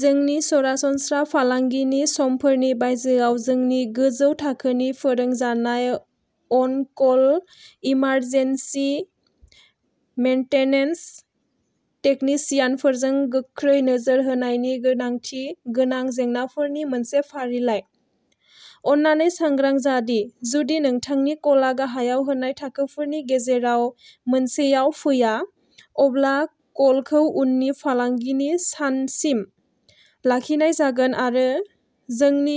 जोंनि सरासनस्रा फालांगिनि समफोरनि बायजोआव जोंनि गोजौ थाखोनि फोरोंजानाय अन कल इमारजेन्सि मेंटेनेन्स टेकनिशियानफोरजों गोख्रै नोजोर होनायनि गोनांथि गोनां जेंनाफोरनि मोनसे फारिलाइ। अन्नानै सांग्रां जा दि जुदि नोंथांनि कलआ गाहायाव होनाय थाखोफोरनि गेजेराव मोनसेयाव फैया, अब्ला कलखौ उननि फालांगिनि सानसिम लाखिनाय जागोन आरो जोंनि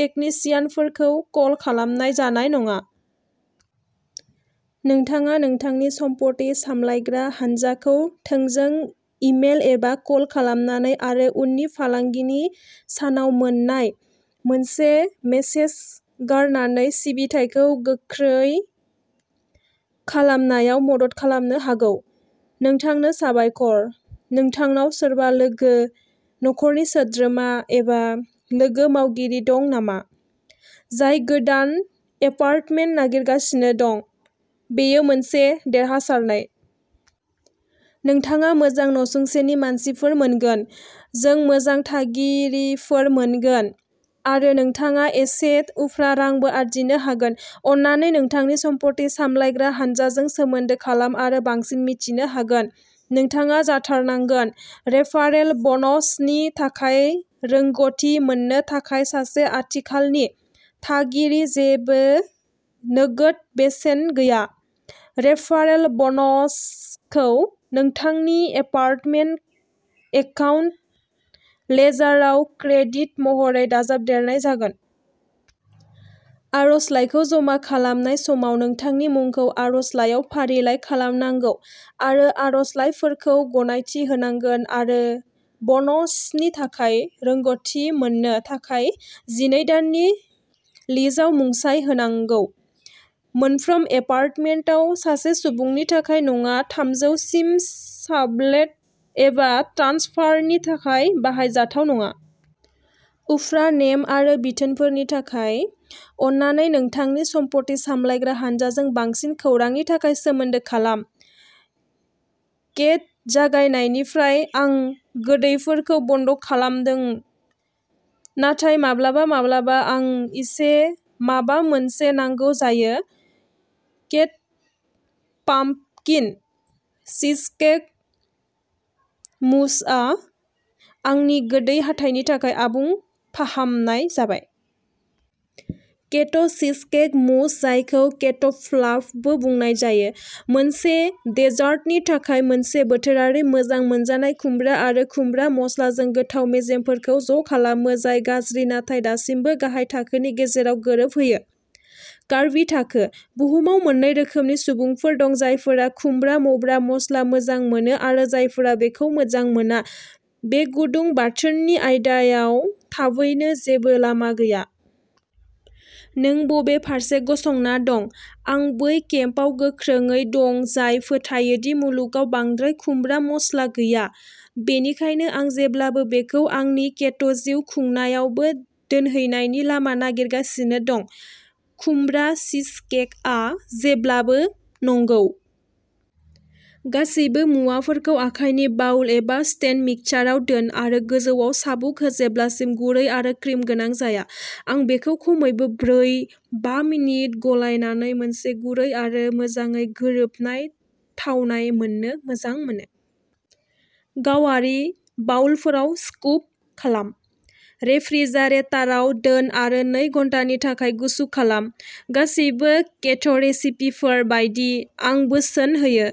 टेकनिशियानफोरखौ कल खालामनाय जानाय नङा। नोंथाङा नोंथांनि सम्पथि सामलायग्रा हान्जाखौ थोंजों इमेल एबा कल खालामनानै आरो उननि फालांगिनि सानाव मोन्नाय मोनसे मेसेज गारनानै सिबिथाइखौ गोख्रै खालामनायाव मदद खालामनो हागौ। नोंथांनो साबायखर! नोंथांनाव सोरबा लोगो, नखरनि सोद्रोमा, एबा लोगो मावगिरि दं नामा, जाय गोदान एपार्टमेन्ट नागिरगासिनो दं, बेयो मोनसे देरहासारनाय। नोंथाङा मोजां नसुंसेनि मानसिफोर मोनगोन, जों मोजां थागिरिफोर मोनगोन, आरो नोंथाङा एसे उफ्रा रांबो आर्जिनो हागोन! अन्नानै नोंथांनि सम्पथि सामलायग्रा हानजाजों सोमोन्दो खालाम आरो बांसिन मिथिनो हागोन। नोंथाङा जाथारनांगोन। रेफारेल ब'नसनि थाखाय रोंग'थि मोननो थाखाय सासे आथिखालनि थागिरि जेबो नोगोद बेसेन गैया, रेफारेल ब'नसखौ नोंथांनि एपार्टमेन्ट एकाउन्ट लेजाराव क्रेडिट महरै दाजाबदेरनाय जागोन। आर'जलाइखौ जमा खालामनाय समाव नोंथांनि मुंखौ आर'जलाइयाव फारिलाइ खालामनांगौ आरो आर'जलाइफोरखौ गनायथि होनांगोन आरो ब'नसनि थाखाय रोंग'थि मोननो थाखाय जिनै दाननि लिजआव मुंसाइ होनांगौ। मोनफ्रोम एपार्टमेन्टआव, सासे सुबुंनि थाखाय नङा थामजौ सिम साबलेट एबा ट्रान्सफारनि थाखाय बाहायजाथाव नङा। उफ्रा नेम आरो बिथोनफोरनि थाखाय, अन्नानै नोंथांनि सम्पथि सामलायग्रा हानजाजों बांसिन खौरांनि थाखाय सोमोन्दो खालाम। केट'जागायनायनिफ्राय आं गोदैफोरखौ बन्द'खालामदों, नाथाय माब्लाबा माब्लाबा आं इसे माबा मोनसे नांगौ जायो। केट'पाम्पकिन चीजकेक मूसआ आंनि गोदै हाथाइनि थाखाय आबुं फाहामनाय जाबाय। केट'चीजकेक मूस-जायखौ केट'फ्लाफबो बुंनाय जायो। मोनसे देजार्टनि थाखाय मोनसे बोथोरारि मोजां मोनजानाय खुमब्रा आरो खुमब्रा मस्लाजों गोथाव मेजेमफोरखौ ज'खालामो जाय गाज्रि नाथाय दासिमबो गाहाय थाखोनि गेजेराव गोरोबहोयो। कार्बि थाखो। बुहुमाव मोननै रोखोमनि सुबुंफोर दं, जायफोरा खुमब्रा मब्रा मस्ला मोजां मोनो आरो जायफोरा बेखौ मोजां मोना, बे गुदुं-बाथोननि आयदायाव थाबैनो जेबो लामा गैया। नों बबे फारसे गसंना दं? आं बै केम्पआव गोख्रोंयै दं जाय फोथायो दि मुलुगाव बांद्राय खुमब्रा मस्ला गैया, बेनिखायनो आं जेब्लाबो बेखौ आंनि केट'जिउ खुंनायावबो दोनहैनायनि लामा नागिरगासिनो दं। खुमब्रा चीजकेकआ जेब्लाबो नंगौ। गासैबो मुवाफोरखौ आखाइनि बाउल एबा स्टेन्ड मिक्साराव दोन आरो गोजौयाव चाबुक हो जेब्लासिम गुरै आरो क्रिम गोनां जाया, आं बेखौ खमैबो ब्रै, बा मिनिट गलायनानै मोनसे गुरै आरो मोजाङै गोरोबनाय थावनाय मोननो मोजां मोनो। गावारि बाउलफोराव स्कुप खालाम। रेफ्रिजारेटाराव दोन आरो नै घन्टानि थाखाय गुसु खालाम। गासैबो केट'रेसिपिफोर बायदि, आं बोसोन होयो।